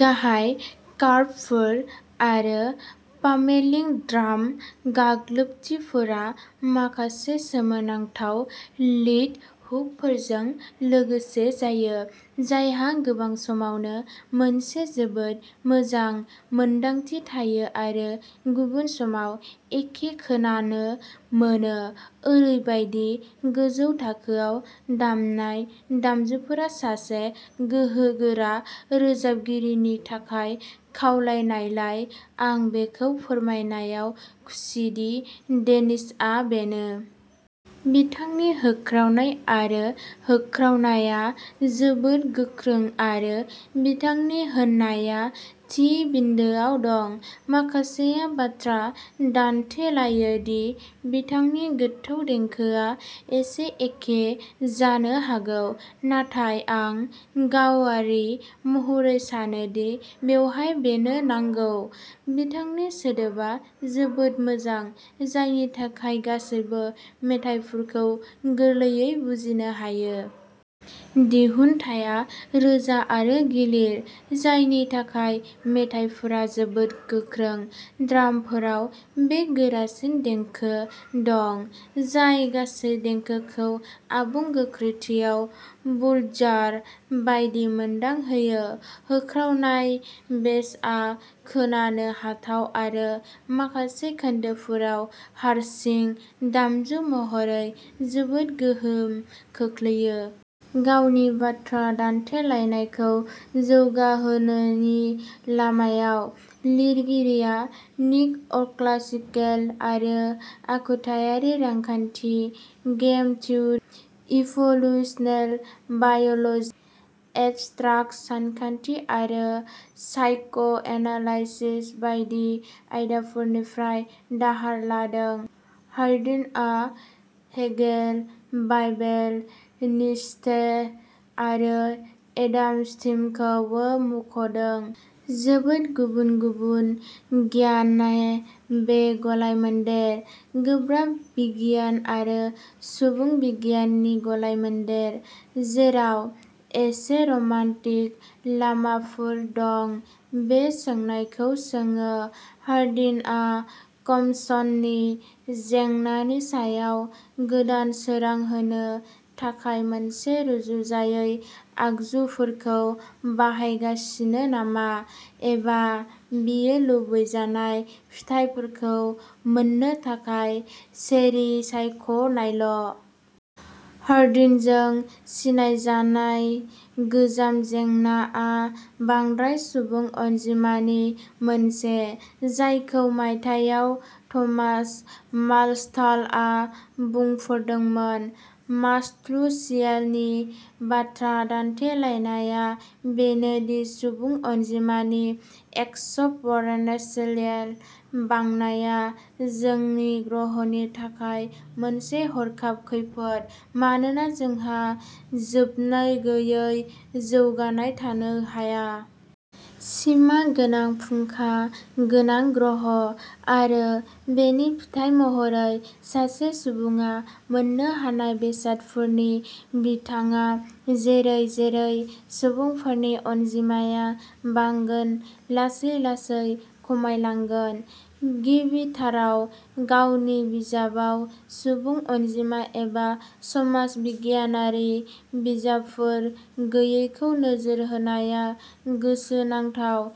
गाहाय कर्डफोर आरो पामेलिं ड्राम गाग्लोबथिफोरा माखासे सोमोनांथाव लीड हुकफोरजों लोगोसे जायो, जायहा गोबां समावनो मोनसे जोबोद मोजां मोनदांथि थायो आरो गुबुन समाव एसे खोनानो मोनो। ओरैबायदि गोजौ थाखोआव दामनाय दामजुफोरा सासे गोहोगोरा रोजाबगिरिनि थाखाय खावलायनायलाय आं बेखौ फोरमायनायाव खुसिदि डेनिसआ बेनो। बिथांनि होख्रावनाय आरो होख्रावनायआ जोबोद गोख्रों आरो बिथांनि होनायआ थि बिन्दोआव दं। माखासेया बाथ्रा दान्थेलायो दि बिथांनि गोथौ देंखोआ एसे एखे जानो हागौ, नाथाय आं गावारि महरै सानो दि बेवहाय बेनो नांगौ। बिथांनि सोदोबा जोबोद मोजां, जायनि थाखाय गासैबो मेथाइफोरखौ गोरलैयै बुजिनो हायो। दिहुनथाया रोजा आरो गिलिर, जायनि थाखाय मेथाइफोरा जोबोद गोख्रों। ड्रामफोराव बे गोरासिन देंखो दं, जाय गासै देंखोखौ आबुं गोख्रैथियाव बुलडजार बायदि मोनदांहोयो। होख्रावनाय बेसआ खोनानो हाथाव आरो माखासे खोन्दोफोराव हारसिं दामजु महरै जोबोद गोहोम खोख्लैयो। गावनि बाथ्रा दान्थेलायनायखौ जौगाहोनायनि लामायाव, लिरगिरिया निअक्लासिकेल आरो आखुथायारि रांखान्थि, game theory, evolutional biology, abstract सानखान्थि आरो साइक'एनालाइसिस बायदि आयदाफोरनिफ्राय दाहार लादों। हार्डिनआ हेगेल, बाइबेल, नीत्शे आरो एडाम स्मिथखौबो मुंख'दों। जोबोद गुबुन-गुबुन गियाननि बे गलायमोन्देर, गोब्राब बिगियान आरो सुबुं बिगियाननि गलायमोन्देर, जेराव एसे रमान्टिक लामाफोर दं, बे सोंनायखौ सोङो-हार्डिनआ कमन्सनि जेंनानि सायाव गोदान सोरां होनो थाखाय मोनसे रुजुजायै आगजुफोरखौ बाहायगासिनो नामा एबा बियो लुबैजानाय फिथाइफोरखौ मोननो थाखाय चेरी सायख'नायल '? हार्डिनजों सिनायजानाय'गोजाम जेंना'आ बांद्राय सुबुं अनजिमानि मोनसे, जायखौ मायथाइयाव थमास माल्थासआ बुंफोरदोंमोन। माल्थुसियाननि बाथ्रा दान्थेलायनाया बेनो दि सुबुं अनजिमानि एक्सपोनेनशियेल बांनाया जोंनि ग्रहनि थाखाय मोनसे हरखाब खैफोद मानोना नोंहा जोबनोगैयै जौगानाय थानो हाया। सिमा गोनां फुंखा गोनां ग्रह; आरो, बेनि फिथाइ महरै, सासे सुबुङा मोन्नो हानाय बेसादफोरनि बिबाङा जेरै-जेरै सुबुंफोरनि अनजिमाया बांगोन लासै-लासै खमायलांगोन। गिबिथाराव, गावनि बिजाबाव सुबुं अनजिमा एबा समाज बिगियानारि बिजाबफोर गैयैखौ नोजोर होनाया गोसोनांथाव,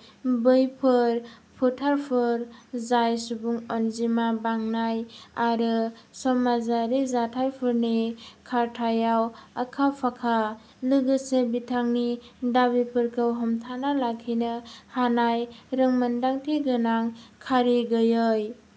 बैफोर फोथारफोर जाय सुबुं अनजिमा बांनाय आरो समाजारि जाथायफोरनि खारथाइआव आखा-फाखा; लोगोसे बिथांनि दाबिफोरखौ हमथाना लाखिनो हानाय रोंमोनदांथिगोनां खारि गैयै।